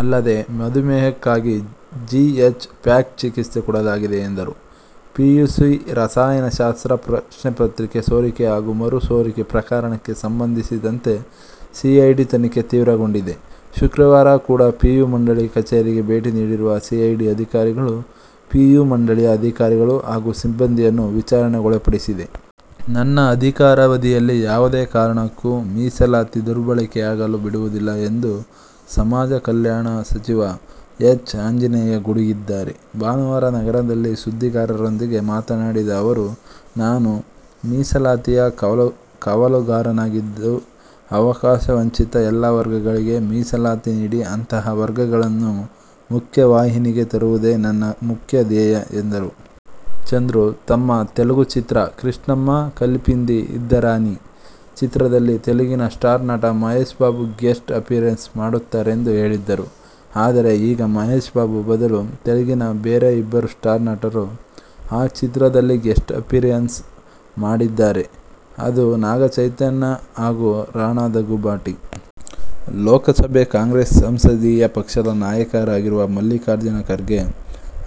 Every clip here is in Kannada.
ಅಲ್ಲದೇ, ಮಧುಮೇಹಕ್ಕಾಗಿ ಜಿ. ಎಚ್. ಪ್ಯಾಕ್ ಚಿಕಿತ್ಸೆ ಕೊಡಲಾಗಿದೆ ಎಂದರು. ಪಿಯುಸಿ ರಸಾಯನಶಾಸ್ತ್ರ ಪ್ರಶ್ನೆ ಪತ್ರಿಕೆ ಸೋರಿಕೆ ಹಾಗೂ ಮರು ಸೋರಿಕೆ ಪ್ರಕರಣಕ್ಕೆ ಸಂಬಂಧಿಸಿದಂತೆ ಸಿಐಡಿ ತನಿಖೆ ತೀವ್ರಗೊಂಡಿದೆ. ಶುಕ್ರವಾರ ಕೂಡ ಪಿಯು ಮಂಡಳಿ ಕಚೇರಿಗೆ ಭೇಟಿ ನೀಡಿರುವ ಸಿಐಡಿ ಅಧಿಕಾರಿಗಳು ಪಿಯು ಮಂಡಳಿಯ ಅಧಿಕಾರಿಗಳು ಹಾಗೂ ಸಿಬ್ಬಂದಿಯನ್ನು ವಿಚಾರಣೆಗೊಳಪಡಿಸಿದೆ. ನನ್ನ ಅಧಿಕಾರಾವಧಿಯಲ್ಲಿ ಯಾವುದೇ ಕಾರಣಕ್ಕೂ ಮೀಸಲಾತಿ ದುರ್ಬಳಕೆ ಆಗಲು ಬಿಡುವುದಿಲ್ಲ ಎಂದು ಸಮಾಜಕಲ್ಯಾಣ ಸಚಿವ ಎಚ್. ಆಂಜನೇಯ ಗುಡುಗಿದ್ದಾರೆ. ಭಾನುವಾರ ನಗರದಲ್ಲಿ ಸುದ್ದಿಗಾರರೊಂದಿಗೆ ಮಾತನಾಡಿದ ಅವರು, "ನಾನು ಮೀಸಲಾತಿಯ ಕಾವಲುಗಾರನಾಗಿದ್ದು, ಅವಕಾಶವಂಚಿತ ಎಲ್ಲಾ ವರ್ಗಗಳಿಗೆ ಮೀಸಲಾತಿ ನೀಡಿ ಅಂತಹ ವರ್ಗಗಳನ್ನು ಮುಖ್ಯವಾಹಿನಿಗೆ ತರುವುದೇ ನನ್ನ ಮುಖ್ಯ ಧ್ಯೇಯ' ಎಂದರು. ಚಂದ್ರು ತಮ್ಮ ತೆಲುಗು ಚಿತ್ರ "ಕೃಷ್ಣಮ್ಮ ಕಲಿಪಿಂದಿ ಇದ್ದಾರನಿ' ಚಿತ್ರದಲ್ಲಿ ತೆಲುಗಿನ ಸ್ಟಾರ್ ನಟ ಮಹೇಶ್ ಬಾಬು ಗೆಸ್ಟ್ ಅಪಿಯರೆನ್ಸ್ ಮಾಡುತ್ತಾರೆಂದು ಹೇಳಿದ್ದರು. ಆದರೆ, ಈಗ ಮಹೇಶ್ ಬಾಬು ಬದಲು ತೆಲುಗಿನ ಬೇರೆ ಇಬ್ಬರು ಸ್ಟಾರ್ ನಟರು ಆ ಚಿತ್ರದಲ್ಲಿ ಗೆಸ್ಟ್ ಅಪಿಯರೆನ್ಸ್ ಮಾಡಿದ್ದಾರೆ. ಅದು ನಾಗಚೈತನ್ಯ ಹಾಗೂ ರಾಣಾ ದಗ್ಗುಬಾಟಿ. ಲೋಕಸಭೆ ಕಾಂಗ್ರೆಸ್ ಸಂಸದೀಯ ಪಕ್ಷದ ನಾಯಕರಾಗಿರುವ ಮಲ್ಲಿಕಾರ್ಜುನ ಖರ್ಗೆ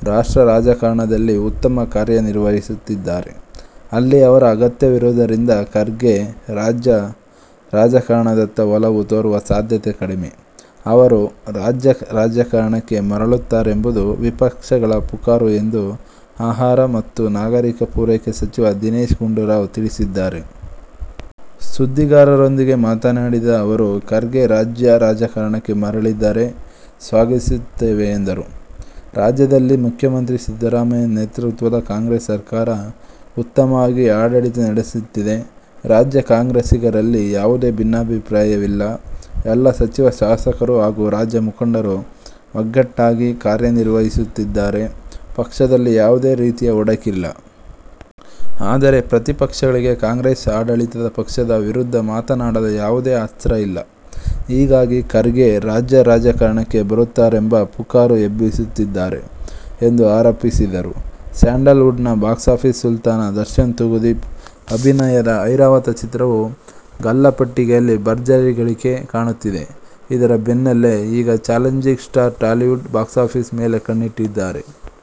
ರಾಷ್ಟ್ರ ರಾಜಕಾರಣದಲ್ಲಿ ಉತ್ತಮ ಕಾರ್ಯನಿರ್ವಹಿಸುತ್ತಿದ್ದಾರೆ. ಅಲ್ಲಿ ಅವರ ಅಗತ್ಯವಿರುವುದರಿಂದ ಖರ್ಗೆ ರಾಜ್ಯ ರಾಜಕಾರಣದತ್ತ ಒಲವು ತೋರುವ ಸಾಧ್ಯತೆ ಕಡಿಮೆ. ಅವರು ರಾಜ್ಯ ರಾಜಕಾರಣಕ್ಕೆ ಮರಳುತ್ತಾರೆಂಬುದು ವಿಪಕ್ಷಗಳ ಪುಕಾರು ಎಂದು ಆಹಾರ ಮತ್ತು ನಾಗರಿಕ ಪೂರೈಕೆ ಸಚಿವ ದಿನೇಶ ಗುಂಡೂರಾವ್ ತಿಳಿಸಿದ್ದಾರೆ. ಸುದ್ದಿಗಾರರೊಂದಿಗೆ ಮಾತನಾಡಿದ ಅವರು, ಖರ್ಗೆ ರಾಜ್ಯ ರಾಜಕಾರಣಕ್ಕೆ ಮರಳಿದರೆ ಸ್ವಾಗತಿಸುತ್ತೇವೆ ಎಂದರು. ರಾಜ್ಯದಲ್ಲಿ ಮುಖ್ಯಮಂತ್ರಿ ಸಿದ್ದರಾಮಯ್ಯ ನೇತೃತ್ವದ ಕಾಂಗ್ರೆಸ್ ಸರ್ಕಾರ ಉತ್ತಮವಾಗಿ ಆಡಳಿತ ನಡೆಸುತ್ತಿದೆ. ರಾಜ್ಯ ಕಾಂಗ್ರೆಸ್ಸಿಗರಲ್ಲಿ ಯಾವುದೇ ಭಿನ್ನಾಭಿಪ್ರಾಯವಿಲ್ಲ. ಎಲ್ಲ ಸಚಿವ-ಶಾಸಕರು ಹಾಗೂ ರಾಜ್ಯ ಮುಖಂಡರು ಒಗ್ಗಟ್ಟಾಗಿ ಕಾರ್ಯನಿರ್ವಹಿಸುತ್ತಿದ್ದಾರೆ. ಪಕ್ಷದಲ್ಲಿ ಯಾವುದೇ ರೀತಿಯ ಒಡಕಿಲ್ಲ. ಆದರೆ ಪ್ರತಿಪಕ್ಷಗಳಿಗೆ ಕಾಂಗ್ರೆಸ್ ಆಡಳಿತ ಪಕ್ಷದ ವಿರುದ್ಧ ಮಾತನಾಡಲು ಯಾವುದೇ ಅಸ್ತ್ರ ಇಲ್ಲ. ಹೀಗಾಗಿ ಖರ್ಗೆ ರಾಜ್ಯ ರಾಜಕಾರಣಕ್ಕೆ ಬರುತ್ತಾರೆಂಬ ಪುಕಾರು ಎಬ್ಬಿಸುತ್ತಿದ್ದಾರೆ ಎಂದು ಆರೋಪಿಸಿದರು. ಸ್ಯಾಂಡಲ್ ವುಡ್'ನ ಬಾಕ್ಸಾಫೀಸ್ ಸುಲ್ತಾನ್ ದರ್ಶನ್ ತೂಗುದೀಪ್ ಅಭಿನಯದ ಐರಾವತ ಚಿತ್ರವು ಗಲ್ಲಾಪೆಟ್ಟಿಗೆಯಲ್ಲಿ ಭರ್ಜರಿ ಗಳಿಕೆ ಕಾಣುತ್ತಿದೆ. ಇದರ ಬೆನ್ನಲ್ಲೇ ಈಗ ಚಾಲೆಂಜಿಂಗ್ ಸ್ಟಾರ್ ಟಾಲಿವುಡ್ ಬಾಕ್ಸಾಫೀಸ್ ಮೇಲೆ ಕಣ್ಣಿಟ್ಟಿದ್ದಾರೆ.